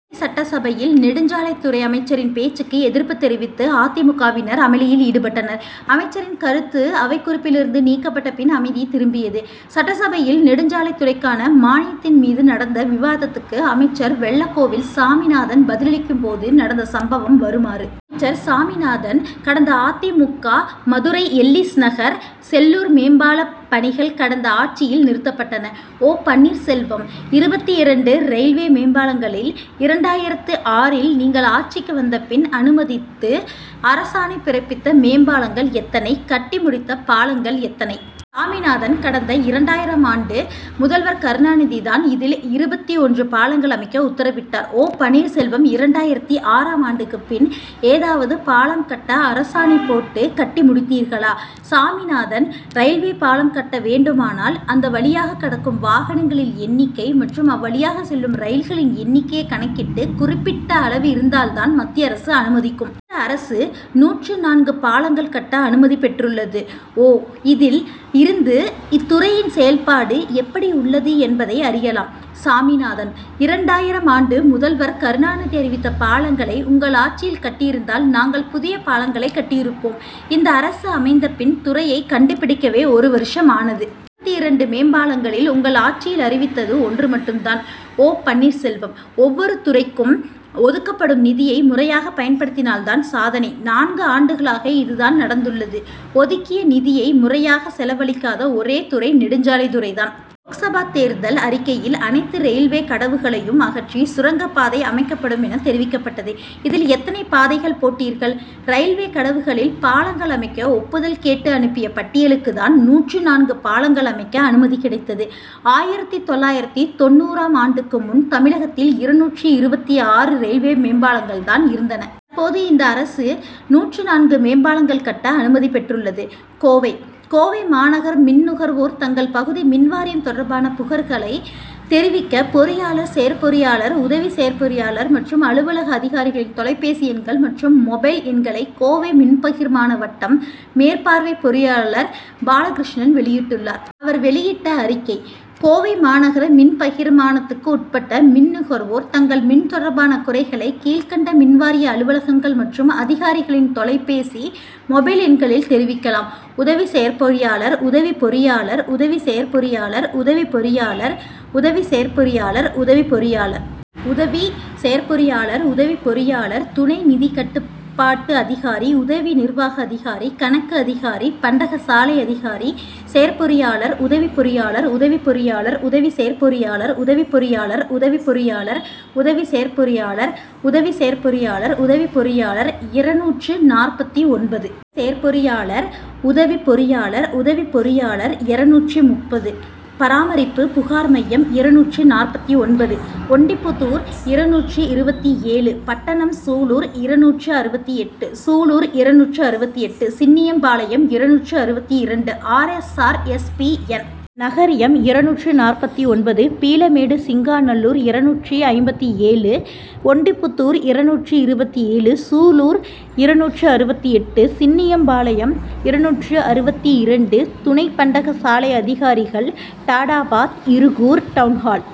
சென்னை சட்டசபையில் நெடுஞ்சாலைத் துறை அமைச்சரின் பேச்சுக்கு எதிர்ப்பு தெரிவித்து அ. தி. மு. க.வினர் அமளியில் ஈடுபட்டனர். அமைச்சரின் கருத்து அவைக் குறிப்பில் இருந்து நீக்கப்பட்ட பின் அமைதி திரும்பியது. சட்டசபையில் நெடுஞ்சாலைத் துறைக்கான மானியத்தின் மீது நடந்த விவாதத்துக்கு அமைச்சர் வெள்ளக்கோவில் சாமிநாதன் பதிலளிக்கும் போது நடந்த சம்பவம் வருமாறு. அமைச்சர் சாமிநாதன் கடந்த அ. தி. மு. மதுரை எல்லீஸ் நகர் செல்லூர் மேம்பாலப் பணிகள் கடந்த ஆட்சியில் நிறுத்தப்பட்டன. ஓ. பன்னீர்செல்வம் இருபத்தி இரண்டு ரயில்வே மேம்பாலங்களில் இரண்டாயிரத்து ஆறில் நீங்கள் ஆட்சிக்கு வந்த பின் அனுமதித்து அரசாணை பிறப்பித்த மேம்பாலங்கள் எத்தனை? கட்டி முடித்த பாலங்கள் எத்தனை? சாமிநாதன் கடந்த இரண்டாயிரமாம் ஆண்டு முதல்வர் கருணாநிதி தான் இதில் இருபத்தி ஒன்று பாலங்கள் அமைக்க உத்தரவிட்டார். ஓ. பன்னீர்செல்வம் இரண்டாயிரத்து ஆறாம் ஆண்டுக்கு பின் ஏதாவது பாலம் கட்ட அரசாணை போட்டு கட்டி முடித்தீர்களா? சாமிநாதன் ரயில்வே பாலம் கட்ட வேண்டுமானால் அந்த வழியாக கடக்கும் வாகனங்களில் எண்ணிக்கை மற்றும் அவ்வழியாக செல்லும் ரயில்களின் எண்ணிக்கையை கணக்கிட்டு குறிப்பிட்ட அளவு இருந்தால் தான் மத்திய அரசு அனுமதிக்கும். இந்த அரசு நூற்று நான்கு பாலங்கள் கட்ட அனுமதி பெற்றுள்ளது. ஓ. இதில் இருந்து இத்துறையின் செயல்பாடு எப்படி உள்ளது என்பதை அறியலாம். சாமிநாதன் இரண்டாயிரமாம் ஆண்டு முதல்வர் கருணாநிதி அறிவித்த பாலங்களை உங்கள் ஆட்சியில் கட்டியிருந்தால் நாங்கள் புதிய பாலங்களை கட்டி இருப்போம். இந்த அரசு அமைந்த பின் துறையை கண்டுபிடிக்கவே ஒரு வருஷம் ஆனது. இருபத்தி இரண்டு மேம்பாலங்களில் உங்கள் ஆட்சியில் அறிவித்தது ஒன்று மட்டும் தான். ஓ. பன்னீர்செல்வம் ஒவ்வொரு துறைக்கும் ஒதுக்கப்படும் நிதியை முறையாக பயன்படுத்தினால் தான் சாதனை. நான்கு ஆண்டுகளாக இது தான் நடந்துள்ளது. ஒதுக்கிய நிதியை முறையாக செலவழிக்காத ஒரே துறை நெடுஞ்சாலைத் துறை தான். லோக்சபா தேர்தல் அறிக்கையில் அனைத்து ரயில்வே கடவுகளையும் அகற்றி சுரங்கப்பாதை அமைக்கப்படுமென தெரிவிக்கப்பட்டது. இதில் எத்தனை பாதைகள் போட்டீர்கள். ரயில்வே கடவுகளில் பாலங்கள் அமைக்க ஒப்புதல் கேட்டு அனுப்பிய பட்டியலுக்கு தான் நூற்று நான்கு பாலங்கள் அமைக்க அனுமதி கிடைத்தது. ஆயிரத்து தொள்ளாயிரத்து தொண்ணூறாம் ஆண்டுக்கு முன் தமிழகத்தில் இருநூற்று இருபத்தி ஆறு ரயில்வே மேம்பாலங்கள் தான் இருந்தன. தற்போது இந்த அரசு நூற்று நான்கு மேம்பாலங்கள் கட்ட அனுமதி பெற்றுள்ளது. கோவை கோவை மாநகர் மின் நுகர்வோர் தங்கள் பகுதி மின்வாரியம் தொடர்பான புகார்களை தெரிவிக்க பொறியாளர் செயற்பொறியாளர் உதவி செயற்பொறியாளர் மற்றும் அலுவலக அதிகாரிகளின் தொலைபேசி எண்கள் மற்றும் மொபைல் எண்களை கோவை மின்பகிர்மான வட்டம் மேற்பார்வை பொறியாளர் பாலகிருஷ்ணன் வெளியிட்டுள்ளார். அவர் வெளியிட்ட அறிக்கை கோவை மாநகர் மின் பகிர்மானத்துக்குட்பட்ட மின் நுகர்வோர் தங்கள் மின் தொடர்பான குறைகளை கீழ்கண்ட மின்வாரிய அலுவலகங்கள் மற்றும் அதிகாரிகளின் தொலைபேசி மொபைல் எண்களில் தெரிவிக்கலாம். உதவி செயற்பொறியாளர். உதவி பொறியாளர். உதவி செயற்பொறியாளர். உதவி பொறியாளர். உதவி செயற்பொறியாளர். உதவி பொறியாளர். உதவி செயற்பொறியாளர். உதவி பொறியாளர். துணை நிதி கட்டுப்பாட்டு அதிகாரி. உதவி நிர்வாக அதிகாரி. கணக்கு அதிகாரி. பண்டகசாலை அதிகாரி. செயற்பொறியாளர். உதவி பொறியாளர். உதவி பொறியாளர். உதவி செயற்பொறியாளர். உதவி பொறியாளர். உதவி பொறியாளர். உதவி பொறியாளர். உதவி செயற்பொறியாளர். உதவி செயற்பொறியாளர். உதவி பொறியாளர் இருநூற்று நாற்பத்தொன்பது. உதவி செயற்பொறியாளர். உதவி பொறியாளர். உதவி பொறியாளர் இருநூற்று முப்பது. பராமரிப்பு. புகார் மையம் இருநூற்று நாற்பத்தொன்பது. ஒண்டிப்புதூர் இருநூற்று இருபத்தேழு. பட்டணம். சூலூர் இருநூற்று அறுபத்தெட்டு. சூலூர் இருநூற்று அறுபத்தெட்டு. சின்னியம்பாளையம் இருநூற்று அறுபத்தி இரண்டு. R. S. R. S. P. N. நகரியம் இருநூற்று நாற்பத்தொன்பது. பீளமேடு. சிங்காநல்லூர் இருநூற்று ஐம்பத்தேழு. ஒண்டிப்புதூர் இருநூற்று இருபத்தேழு. சூலூர் இருநூற்று அறுபத்தெட்டு. சின்னியம்பாளையம் இருநூற்று அறுபத்தி இரண்டு. துணை பண்டக சாலை அதிகாரிகள் டாடாபாத். இருகூர். டவுன்ஹால்.